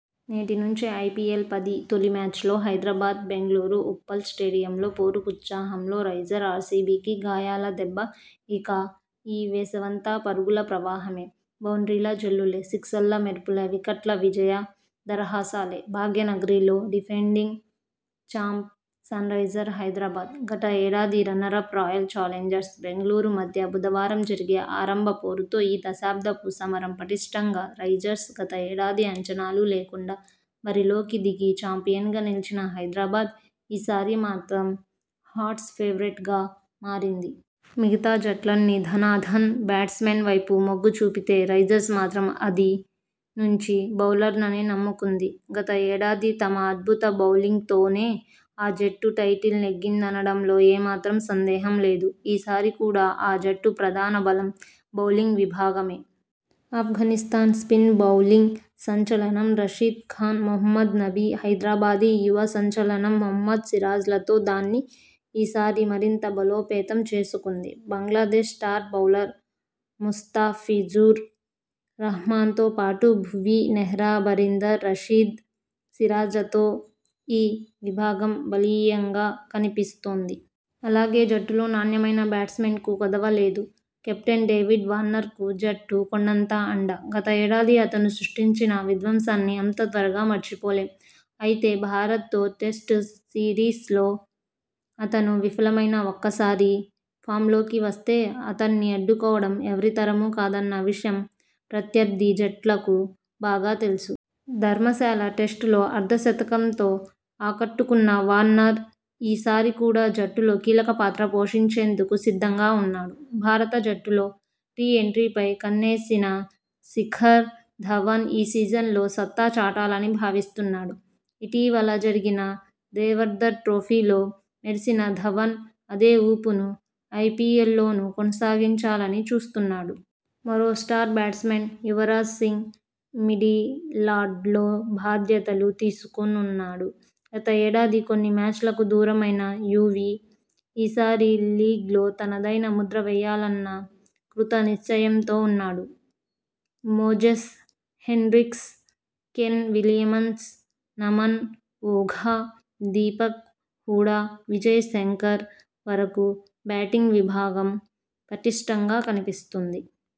నేటి నుంచే ఐపీఎల్-పది తొలి మ్యాచ్లో హైదరాబాద్ బెంగళూరు ఉప్పల్ స్టేడియంలో పోరు ఉత్సాహంలో రైజర్స్ఆర్సీబీకి గాయాల దెబ్బ ఇక ఈ వేసవంతా పరుగుల ప్రవాహమే. బౌండ్రీల జల్లులే. సిక్సర్ల మెరుపులే. వికెట్ల విజయ దరహాసాలే! భాగ్యనగరిలో డిఫెండింగ్ చాంప్ సన్రైజర్స్ హైదరాబాద్, గతేడాది రన్నరప్ రాయల్ చాలెంజర్స్ బెంగళూరు మధ్య బుధవారం జరిగే ఆరంభ పోరుతో ఈ 'దశాబ్దపు' సమరం పటిష్టంగా రైజర్స్ గతేడాది అంచనాలు లేకుండా బరిలోకి దిగి చాంపియన్గా నిలిచిన హైదరాబాద్ ఈసారి మాత్రం హాట్స్ ఫేవరెట్గా మారింది. మిగతా జట్లన్నీ ధనాధన్ బ్యాట్స్మెన్ వైపు మొగ్గు చూపితే రైజర్స్ మాత్రం అది నుంచి బౌలర్లనే నమ్ముకుంది. గతేడాది తమ అద్భుత బౌలింగ్తోనే ఆ జట్టు టైటిల్ నెగ్గిందనడంలో ఏ మాత్రం సందేహం లేదు. ఈ సారి కూడా ఆ జట్టు ప్రధాన బలం బౌలింగ్ విభాగమే. అఫ్ఘానిస్థాన్ స్పిన్ బౌలింగ్ సంచలనం రషీద్ ఖాన్, మహమ్మద్ నబీ, హైదరాబాదీ యువ సంచలనం మహ్మద్ సిరాజ్లతో దాన్ని ఈ సారి మరింత బలోపేతం చేసుకుంది. బంగ్లాదేశ్ స్టార్ బౌలర్ ముస్తాఫిజుర్ రహ్మాన్తో పాటు భువీ, నెహ్రా, బరీందర్, రషీద్, సిరాజతో ఈ విభాగం బలీయంగా కనిపిస్తోంది. అలాగే, జట్టులో నాణ్యమైన బ్యాట్స్మెన్కూ కొదవ లేదు. కెప్టెన్ డేవిడ్ వార్నర్ జట్టుకు కొండంత అండ. గతేడాది అతను సృష్టించిన విధ్వంసాన్ని అంత త్వరగా మరిచిపోలే. అయితే, భారత్తో టెస్టు సిరీస్ లో అతను విఫలమైనా ఒక్కసారి ఫామ్లోకి వస్తే అతణ్ణి అడ్డుకోవడం ఎవరితరమూ కాదన్న విషయం ప్రత్యర్థి జట్లకు బాగా తెలుసు. ధర్మశాల టెస్టులో అర్ధ శతకంతో ఆకట్టుకున్న వార్నర్ ఈ సారి కూడా జట్టులో కీలక పాత్ర పోషించేందుకు సిద్ధంగా ఉన్నాడు. భారత జట్టులో రీ ఎంట్రీపై కన్నేసిన శిఖర్ ధవన్ ఈ సీజన్లో సత్తా చాటాలని భావిస్తున్నాడు. ఇటీవల జరిగిన దేవర్దర్ ట్రోఫీలో మెరిసిన ధవన్ అదే ఊపును ఐపీఎల్లోనూ కొనసాగించాలని చూస్తున్నాడు. మరో స్టార్ బ్యాట్స్మన్ యువరాజ్ సింగ్ మిడిలార్డ్లొ బాధ్యతలు తీసుకోనున్నాడు. గతేడాది కొన్ని మ్యాచ్లకు దూరమైన యువీ. ఈ సారి లీగ్లో తనదైన ముద్ర వేయాలన్న కృత నిశ్చయంతో ఉన్నాడు. Moses Henriques, Kane Williamson, Naman Ojha, Deepak Hooda, Vijay Shankar వరకూ బ్యాటింగ్ విభాగం పటిష్టంగా కనిపిస్తోంది.